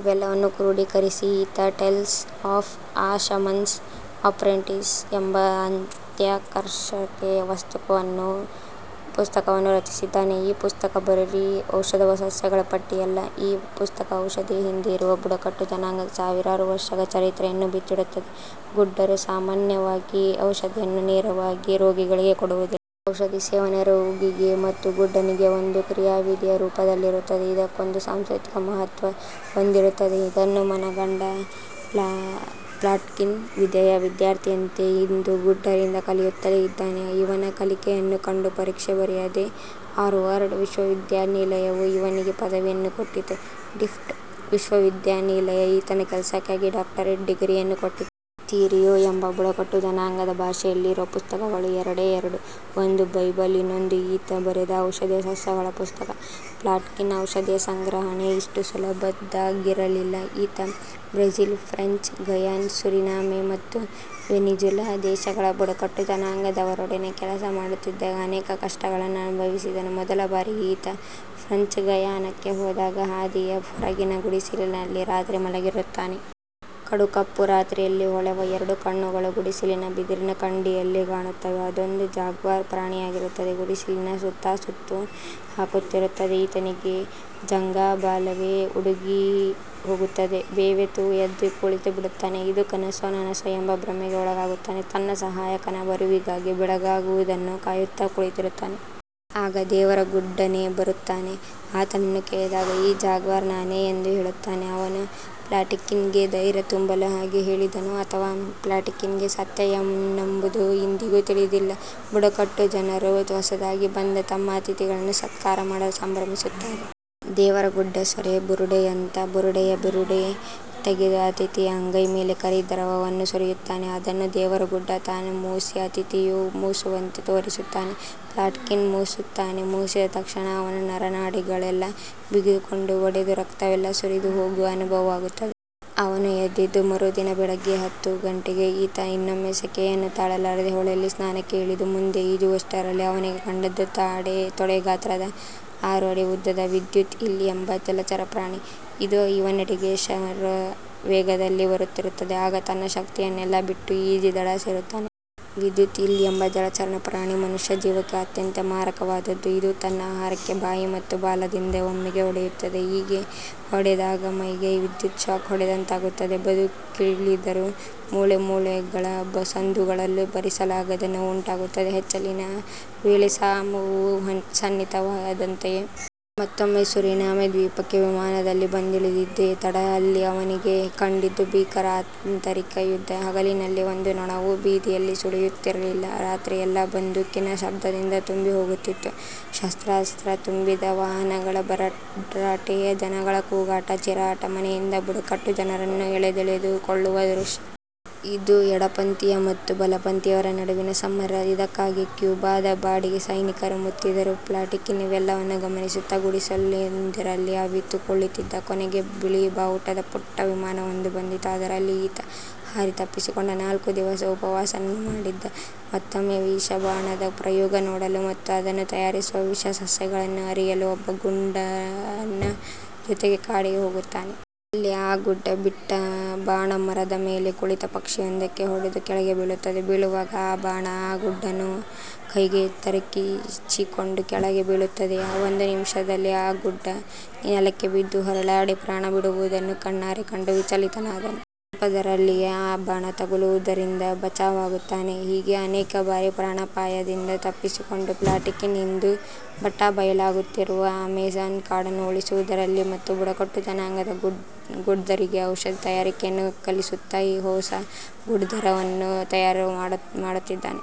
ಇವೆಲ್ಲವನ್ನೂ ಕ್ರೂಢೀಕರಿಸಿ ಈತ Tales of a Shaman's Apprentice ಎಂಬ ಅತ್ಯಾಕರ್ಷಕ ಪುಸ್ತಕವನ್ನು ರಚಿಸಿದ್ದಾನೆ. ಈ ಪುಸ್ತಕ ಬರೀ ಔಷಧಿ ಸಸ್ಯಗಳ ಪಟ್ಟಿಯಲ್ಲ. ಈ ಪುಸ್ತಕ ಔಷಧೀಯ ಹಿಂದೆ ಇರುವ ಬುಡಕಟ್ಟು ಜನಾಂಗದ ಸಾವಿರಾರು ವರ್ಷಗಳ ಚರಿತ್ರೆಯನ್ನು ಬಿಚ್ಚಿಡುತ್ತದೆ. ಗುಡ್ಡರು ಸಾಮಾನ್ಯವಾಗಿ ಔಷಧಿಯನ್ನು ನೇರವಾಗಿ ರೋಗಿಗಳಿಗೆ ಕೊಡುವುದಿಲ್ಲ. ಔಷಧಿ ಸೇವನೆ ರೋಗಿಗೆ ಮತ್ತು ಗುಡ್ಡನಿಗೆ ಒಂದು ಕ್ರಿಯಾವಿಧಿಯ ರೂಪದಲ್ಲಿರುತ್ತದೆ. ಇದಕ್ಕೊಂದು ಸಾಂಸ್ಕೃತಿಕ ಮಹತ್ವ ಒಂದಿರುತ್ತದೆ. ಇದನ್ನು ಮನಗಂಡ ಪ್ಲಾಟ್ಕಿನ್ ವಿಧೇಯ ವಿದ್ಯಾರ್ಥಿಯಂತೆ ಇಂದೂ ಗುಡ್ಡರಿಂದ ಕಲಿಯುತ್ತಲೇ ಇದ್ದಾನೆ. ಇವನ ಕಲಿಕೆಯನ್ನು ಕಂಡು ಪರೀಕ್ಷೆ ಬರೆಯದೆ ಹಾರ್ವರ್ಡ್ ವಿಶ್ವವಿದ್ಯಾನಿಲಯವು ಇವನಿಗೆ ಪದವಿಯನ್ನು ಕೊಟ್ಟಿತು. ಟಿಫ್ಟ್ ವಿಶ್ವವಿದ್ಯಾನಿಲಯ ಈತನ ಕೆಲಸಕ್ಕಾಗಿ ಡಾಕ್ಟರೇಟ್ ಡಿಗ್ರಿಯನ್ನು ಕೊಟ್ಟಿತು. ತಿರಿಯೋ ಎಂಬ ಬುಡಕಟ್ಟು ಜನಾಂಗದ ಭಾಷೆಯಲ್ಲಿ ಇರುವ ಪುಸ್ತಕಗಳು ಎರಡೇ ಎರಡು. ಒಂದು ಬೈಬಲ್, ಇನ್ನೊಂದು ಈತ ಬರೆದ ಔಷಧೀಯ ಸಸ್ಯಗಳ ಪುಸ್ತಕ. ಪ್ಲಾಟ್ಕಿನ್ ಔಷಧೀಯ ಸಂಗ್ರಹಣೆ ಅಷ್ಟು ಸುಲಭದ್ದಾಗಿರಲಿಲ್ಲ ಈತ ಬ್ರೆಜಿಲ್, ಫ್ರೆಂಚ್ ಗಯಾನ, ಸುರಿನಾಮೆ ಮತ್ತು ವೆನಿಜುಲಾ ದೇಶಗಳ ಬುಡಕಟ್ಟು ಜನಾಂಗದವರೊಡನೆ ಕೆಲಸ ಮಾಡುತ್ತಿದ್ದಾಗ ಅನೇಕ ಕಷ್ಟಗಳನ್ನು ಅನುಭವಿಸಿದನು ಮೊದಲ ಬಾರಿಗೆ ಈತ ಫ್ರಂಚ್ ಗಯಾನಕ್ಕೆ ಹೋದಾಗ ಹಾದಿಯ ಹೊರಗಿನ ಗುಡಿಸಿನಲ್ಲಿ ರಾತ್ರಿ ಮಲಗಿರುತ್ತಾನೆ. ಕಡುಕಪ್ಪು ರಾತ್ರಿಯಲ್ಲಿ ಹೊಳೆವ ಎರಡು ಕಣ್ಣುಗಳು ಗುಡಿಸಿಲಿನ ಬಿದುರಿನ ಕಂಡಿಯಲ್ಲಿ ಕಾಣುತ್ತವೆ. ಅದೊಂದು ಜಾಗ್ವಾರ್ ಪ್ರಾಣಿಯಾಗಿರುತ್ತದೆ. ಗುಡಿಸಿಲಿನ ಸುತ್ತಾ ಸುತ್ತು ಹಾಕುತ್ತಿರುತ್ತದೆ. ಈತನಿಗೆ ಜಂಘಾಬಲವೇ ಉಡುಗಿಹೋಗುತ್ತದೆ. ಬೆವೆತು ಎದ್ದು ಕುಳಿತು ಬಿಡುತ್ತಾನೆ. ಇದು ಕನಸೋ, ನನಸೋ ಎಂಬ ಭ್ರಮೆಗೆ ಒಳಗಾಗುತ್ತಾನೆ. ತನ್ನ ಸಹಾಯಕನ ಬರುವಿಗಾಗಿ ಬೆಳಗಾಗುವುದನ್ನೇ ಕಾಯುತ್ತಾ ಕುಳಿತಿರುತ್ತಾನೆ. ಆಗ ದೇವರ ಗುಡ್ಡನೆ ಬರುತ್ತಾನೆ. ಆತನನ್ನು ಕೇಳಿದಾಗ ಈ ಜಾಗ್ವಾರ್ ನಾನೇ ಎಂದು ಹೇಳುತ್ತಾನೆ. ಅವನು ಪ್ಲಾಟಿಕಿನ್ ಗೆ ಧೈರ್ಯ ತುಂಬಲು ಹಾಗೆ ಹೇಳಿದನೋ, ಅಥವಾ.. ಪ್ಲಾಟಿಕಿನ್ ಗೆ ಸತ್ಯ ಏನಂಬುದು ಇಂದಿಗೂ ತಿಳಿದಿಲ್ಲ. ಬುಡಕಟ್ಟು ಜನರು ಹೊಸದಾಗಿ ಬಂದ ತಮ್ಮ ಅತಿಥಿಗಳನ್ನು ಸತ್ಕಾರ ಮಾಡಲು ಸಂಭ್ರಮಿಸುತ್ತಾರೆ. ದೇವರ ಗುಡ್ಡ ಸೊರೆ ಬುರುಡೆಯಂಥ ಬುರುಡೆಯ ಬಿರುಡೆ ತೆಗೆದು ಅತಿಥಿಯ ಅಂಗೈ ಮೇಲೆ ಕರಿ ದ್ರವವನ್ನು ಸುರಿಯುತ್ತಾನೆ. ಅದನ್ನು ದೇವರಗುಡ್ಡ ತಾನು ಮೂಸಿ ಅತಿಥಿಯೂ ಮೂಸುವಂತೆ ತೋರಿಸುತ್ತಾನೆ. ಪ್ಲಾಟ್ಕಿನ್ ಮೂಸುತ್ತಾನೆ. ಮೂಸಿದ ತಕ್ಷಣ ಅವನ ನರ ನಾಡಿಗಳೆಲ್ಲ ಬಿಗಿದುಕೊಂಡು, ಒಡೆದು ರಕ್ತವೆಲ್ಲಾ ಸುರಿದು ಹೋಗುವ ಅನುಭವವಾಗುತ್ತದೆ. ಅವನು ಎದ್ದಿದ್ದು ಮರುದಿನ ಬೆಳಗ್ಗೆ ಹತ್ತು ಗಂಟೆಗೆ. ಈತ ಇನ್ನೊಮ್ಮೆ ಸೆಖೆಯನ್ನು ತಾಳಲಾರದೆ ಹೊಳೆಯಲ್ಲಿ ಸ್ನಾನಕ್ಕೆ ಇಳಿದು ಮುಂದೆ ಈಜುವಷ್ಟರಲ್ಲಿ ಅವನಿಗೆ ಕಂಡದ್ದು ತೊಡೆ ಗಾತ್ರದ ಆರು ಅಡಿ ಉದ್ದದ 'ವಿದ್ಯುತ್ ಈಲ್ ' ಎಂಬ ಜಲಚರ ಪ್ರ್ರಾಣಿ. ಅದು ಇವನೆಡೆಗೆ ಶರವೇಗದಲ್ಲಿ ಬರುತ್ತಿರುತ್ತದೆ. ಆಗ ತನ್ನ ಶಕ್ತಿಯನ್ನೆಲ್ಲಾ ಬಿಟ್ಟು ಈಜಿ ದಡ ಸೇರುತ್ತಾನೆ. ವಿದ್ಯುತ್ ಈಲ್ ಎಂಬ ಜಲಚರ ಪ್ರಾಣಿ ಮನುಷ್ಯ ಜೀವಕ್ಕೆ ಅತ್ಯಂತ ಮಾರಕವಾದುದ್ದು. ಇದು ತನ್ನ ಆಹಾರಕ್ಕೆ ಬಾಯಿ ಮತ್ತು ಬಾಲದಿಂದ ಒಮ್ಮೆಗೆ ಹೊಡೆಯುತ್ತದೆ. ಹೀಗೆ ಹೊಡೆದಾಗ ಮೈಗೆ ವಿದ್ಯುತ್ ಶಾಕ್ ಹೊಡೆದಂತಾಗುತ್ತದೆ. ಬದುಕುಳಿದರೆ ಮೂಳೆ ಮೂಳೆಗಳ ಸಂದುಗಳಲ್ಲೂ ಭರಿಸಲಾಗದ ನೋವುಂಟಾಗುತ್ತದೆ. ಹೆಚ್ಚಿಲಿನ ವೇಳೆ ಸಾವು ಸನ್ನಿಹಿತವಾದಂತಯೇ. ಮತ್ತೊಮ್ಮೆ ಸುರಿನಾಮೆ ದ್ವೀಪಕ್ಕೆ ವಿಮಾನದಲ್ಲಿ ಬಂದಿಳಿದಿದ್ದೆ ತಡ ಅಲ್ಲಿ ಅವನಿಗೆ ಕಂಡಿದ್ದು ಭೀಕರ ಆಂತರಿಕ ಯುದ್ಧ. ಹಗಲಿನಲ್ಲಿ ಒಂದು ನೊಣವೂ ಬೀದಿಯಲ್ಲಿ ಸುಳಿಯುತ್ತಿರಲಿಲ್ಲ. ರಾತ್ರಿಯೆಲ್ಲಾ ಬಂದೂಕಿನ ಶಬ್ದದಿಂದ ತುಂಬಿ ಹೋಗುತ್ತಿತ್ತು. ಶಸ್ತ್ರಾತ್ರ ತುಂಬಿದ ವಾಹನಗಳ ಭರಾಟೆ, ಜನಗಳ ಕೂಗಾಟ, ಚೀರಾಟ, ಮನೆಯಿಂದ ಬುಡಕಟ್ಟು ಜನರನ್ನು ಎಳೆದೆಳೆದು ಕೊಳ್ಳುವ ದೃಶ್ಯ. ಇದು ಎಡಪಂಥೀಯ ಮತ್ತು ಬಲಪಂಥೀಯರ ನಡುವಿನ ಸಮರ. ಇದಕ್ಕಾಗಿ ಕ್ಯೂಬಾದ ಬಾಡಿಗೆ ಸೈನಿಕರು ಮುತ್ತಿದ್ದರು. ಪ್ಲಾಟಿಕಿನ್ ಇವೆಲ್ಲವನ್ನೂ ಗಮನಿಸುತ್ತಾ ಗುಡಿಸಿಲೊಂದರಲ್ಲಿ ಅವಿತು ಕುಳಿತಿದ್ದ. ಕೊನೆಗೆ ಬಿಳಿ ಬಾವುಟದ ಪುಟ್ಟ ವಿಮಾನವೊಂದು ಬಂದಿತು. ಅದರಲ್ಲಿ ಈತ ಹಾರಿ ತಪ್ಪಿಸಿಕೊಂಡ. ನಾಲ್ಕು ದಿವಸ ಉಪವಾಸವನ್ನು ಮಾಡಿದ್ದ. ಮತ್ತೊಮ್ಮೆ ವಿಷಬಾಣದ ಪ್ರಯೋಗ ನೋಡಲು ಮತ್ತು ಅದನ್ನು ತಯಾರಿಸುವ ವಿಷ ಸಸ್ಯಗಳನ್ನು ಅರಿಯಲು ಒಬ್ಬ ಗುಡ್ಡನ ಜೊತೆ ಕಾಡಿಗೆ ಹೋಗುತ್ತಾನೆ. ಅಲ್ಲಿ ಆ ಗುಡ್ಡ ಬಿಟ್ಟ ಬಾಣ ಮರದ ಮೇಲೆ ಕುಳಿತ ಪಕ್ಷಿಯೊಂದಕ್ಕೆ ಹೊಡೆದು ಕೆಳಗೆ ಬೀಳುತ್ತದೆ. ಬೀಳುವಾಗ ಆ ಬಾಣ ಆ ಗುಡ್ಡನ ಕೈಗೆ ತರಚಿಕೊಂಡು ಕೆಳಗೆ ಬೀಳುತ್ತದೆ. ಒಂದು ನಿಮಿಷದಲ್ಲಿ ಆ ಗುಡ್ಡ ನೆಲಕ್ಕೆ ಬಿದ್ದು ಹೊರಳಾಡಿ ಪ್ರಾಣ ಬಿಡುವುದನ್ನು ಕಣ್ಣಾರೆ ಕಂಡು ವಿಚಲಿತನಾದನು. ಸ್ವಲ್ಪದರಲ್ಲಿಯೇ ಆ ಬಾಣ ತಗಲುವುದರಿಂದ ಬಚಾವಾಗುತ್ತಾನೆ. ಹೀಗೆ ಅನೇಕ ಬಾರಿ ಪ್ರಾಣಾಪಾಯದಿಂದ ತಪ್ಪಿಸಿಕೊಂಡ ಪ್ಲಾಟ್ಕಿನ್ ಇಂದೂ ಬಟಾಬಯಲಾಗುತ್ತಿರುವ ಅಮೆಜಾನ್ ಕಾಡನ್ನುಉಳಿಸುವುದರಲ್ಲಿ ಮತ್ತು ಬುಡಕಟ್ಟು ಜನಾಂಗದ ಗುಡ್ದರಿಗೆ ಔಷಧಿ ತಯಾರಿಕೆಯನ್ನು ಕಲಿಸುತ್ತಾ ಹೊಸ ಗುಡ್ದರನ್ನು ತಯಾರು ಮಾಡುತ್ತಿದ್ದಾನೆ.